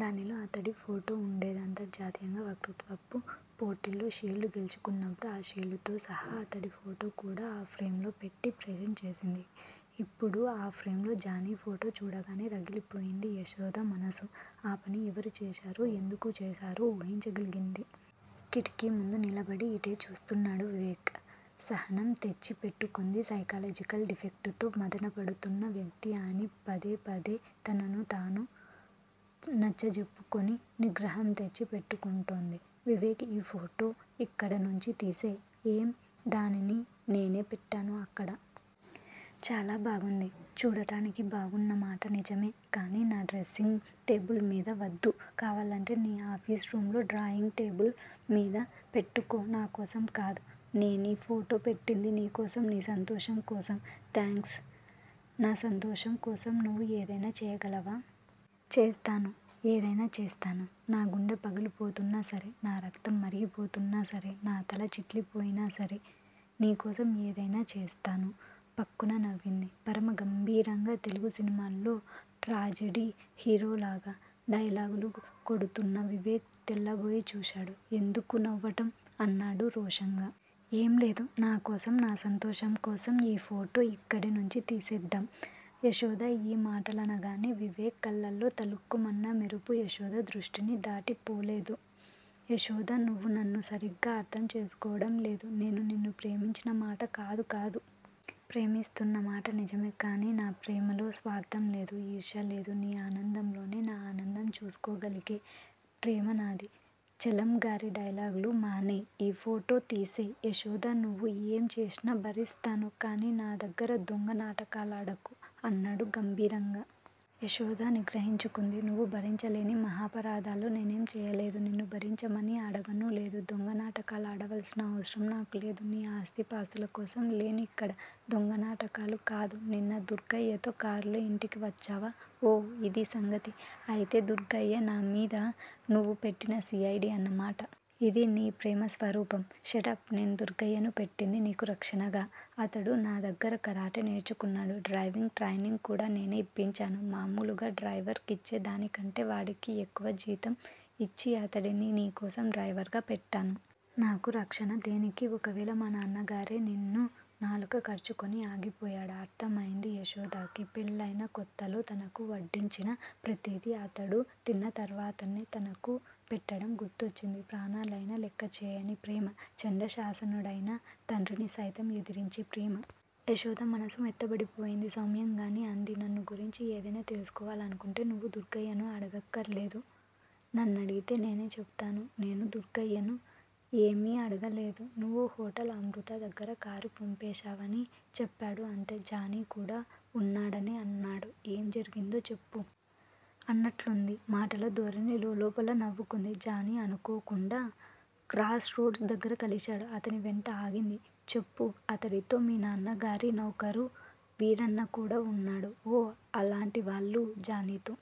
దానిలో అతడి ఫోటో ఉండేది. అంతర్జాతీయంగా వక్తృత్వపు పోటీల్లో షీల్డ్ గెలుచుకున్నప్పుడు, ఆ షీల్డ్ తో సహా అతడి ఫోటో కూడా ఆ ఫ్రేంలో పెట్టి ప్రెజెంట్ చేసింది. ఇప్పుడు ఆ ఫ్రేంలో జానీ ఫోటో చూడగానే, రగిలిపోయింది యశోద మనసు. ఆ పని ఎవరు చేశారో, ఎందుకు చేశారో, ఊహించగలిగింది. కిటికీ ముందు నిలబడి ఇటే చూస్తున్నాడు వివేక్. సహనం తెచ్చి పెట్టుకుంది సైకలాజికల్ డిఫెక్ట్ తో మధనపడుతున్న వ్యక్తి అని పదే పదే తనను తాను నచ్చజెప్పుకుని నిగ్రహం తెచ్చి పెట్టుకుంటుంది. వివేక్! ఈ ఫోటో ఇక్కడ నుంచి తీసెయ్! ఏం? దానిని నేనే పెట్టాను అక్కడ. చాలా బాగుంది చూడటానికి బాగున్నమాట నిజమే! కానీ నా డ్రెస్సింగ్ టేబిల్ మీద వద్దు. కావాలంటే నీ ఆఫీస్ రూంలో డ్రాయింగ్ టేబిల్ మీద పెట్టుకో నాకోసం కాదు. నేనీ ఫోటో పెట్టింది, నీకోసం నీ సంతోషం కోసం. థేంక్స్. నా సంతోషం కోసం నువ్వు ఏదైనా చెయ్యగలవా? చేస్తాను. ఏదైనా చేస్తాను. నాగుండె పగిలిపోతున్నా సరే!. నా రక్తం మరిగిపోతున్నాసరే! నా తల చిట్లిపోయినా సరే! నీకోసం ఏదైనా చేస్తాను. ఫక్కున నవ్వింది. పరమ గంభీరంగా, తెలుగు సినిమాల్లో ట్రాజెడీ హీరోలాగా, డైలాగులు కొడుతున్న వివేక్ తెల్లబోయి చూశాడు. ఎందుకు నవ్వటం? అన్నాడు రోషంగా. ఏం లేదు నాకోసం, నా సంతోషం కోసం ఈ ఫోటో ఇక్కడి నుంచి తీసేద్దాం? యశోద ఈ మాటలనగానే, వివేక్ కళ్లలో తళుక్కుమన్న మెరుపు యశోద దృష్టిని దాటి పోలేదు. యశోదా! నువ్వు నన్ను సరిగా అర్థం చేసుకోవడం లేదు నేను నిన్ను ప్రేమించిన మాట కాదు కాదు! ప్రేమిస్తున్న మాట నిజమే! కానీ నా ప్రేమలో స్వార్థం లేదు. ఈర్ష్య లేదు. నీ ఆనందంలోనే నా అనందం చూసుకోగలిగే ప్రేమనాది. చలంగారి డైలాగులు మానెయ్ ఈ ఫోటో తీసెయ్. యశోదా! నువ్వు యేం చేసినా భరిస్తాను, కానీ నాదగ్గర దొంగ నాటకాలాడకు అన్నాడు గంభీరంగా. యశోద నిగ్రహించుకుంది నువ్వు భరించలేని మహాపరాధాలు నేనేమీ చెయ్యలేదు. నిన్ను భరించమని అడగనూ లేదు. దొంగ నాటకాలాడవలసిన అవసరం నాకు లేదు! నీ ఆస్థిపాస్తుల కోసం లేను ఇక్కడ. దొంగ నాటకాలు కాదూ! నిన్న దుర్గయ్యతో కారులో ఇంటికి వచ్చావా? ఓ! ఇదీ సంగతి! అయితే, దుర్గయ్య నా మీద నువ్వు పెట్టిన సి ఐ డి అన్నమాట! ఇదీ నీ ప్రేమ స్వరూపం. షటప్! నేను దుర్గయ్యను పెట్టింది, నీకు రక్షణగా. అతడు నా దగ్గర కరాటే నేర్చుకున్నాడు డ్రైవింగ్ ట్రైనింగ్ కూడా నేనే ఇప్పించాను. మామూలుగా డ్రైవర్ కిచ్చే దానికంటే వాడికి ఎక్కువ జీతం ఇచ్చి, అతడిని నీకోసం డ్రైవర్ గా పెట్టాను. నాకు రక్షణ దేనికీ? ఒకవేళ మా నాన్నగారే నిన్ను నాలుక కరుచుకుని ఆగిపోయాడు. అర్థమయింది యశోదకి. పెళ్ళయిన కొత్తల్లో, తనకు వడ్డించిన ప్రతిదీ అతడు తిన్న తర్వాతనే తనకు పెట్టడం గుర్తొచ్చింది. ప్రాణాలయినా లెక్క చేయని ప్రేమ. ఛండ శాసనుడయిన తండ్రిని సైతం ఎదిరించే ప్రేమ! యశోద మనసు మెత్తబడిపోయింది సౌమ్యంగానే అంది నన్ను గురించి ఏదైనా తెలుసుకోవాలనుకుంటే నువ్వు దుర్గయ్యను అడగక్కరలేదు. నన్నడిగితే నేనే చెపుతాను నేను దుర్గయ్యను ఏమి అడగలేదు. నువ్వు హోటల్ అమృతా దగ్గర కారు పంపేశావని చెప్పాడు అంతే. జానీ కూడా ఉన్నాడని అన్నాడు. ఏం జరిగిందో చెప్పు? అన్నట్లుంది మాటల ధోరణి. లోలోపల నవ్వుకుంది. జానీ అనుకోకుండా, క్రాస్ రోడ్స్ దగ్గర కలిశాడు!. అతని వెంట ఆగింది. చెప్పు? అతడితో మీ నాన్నగారి నౌకరు వీరన్న కూడా ఉన్నాడు. ఓ! అలాంటి వాళ్ళు జానీతో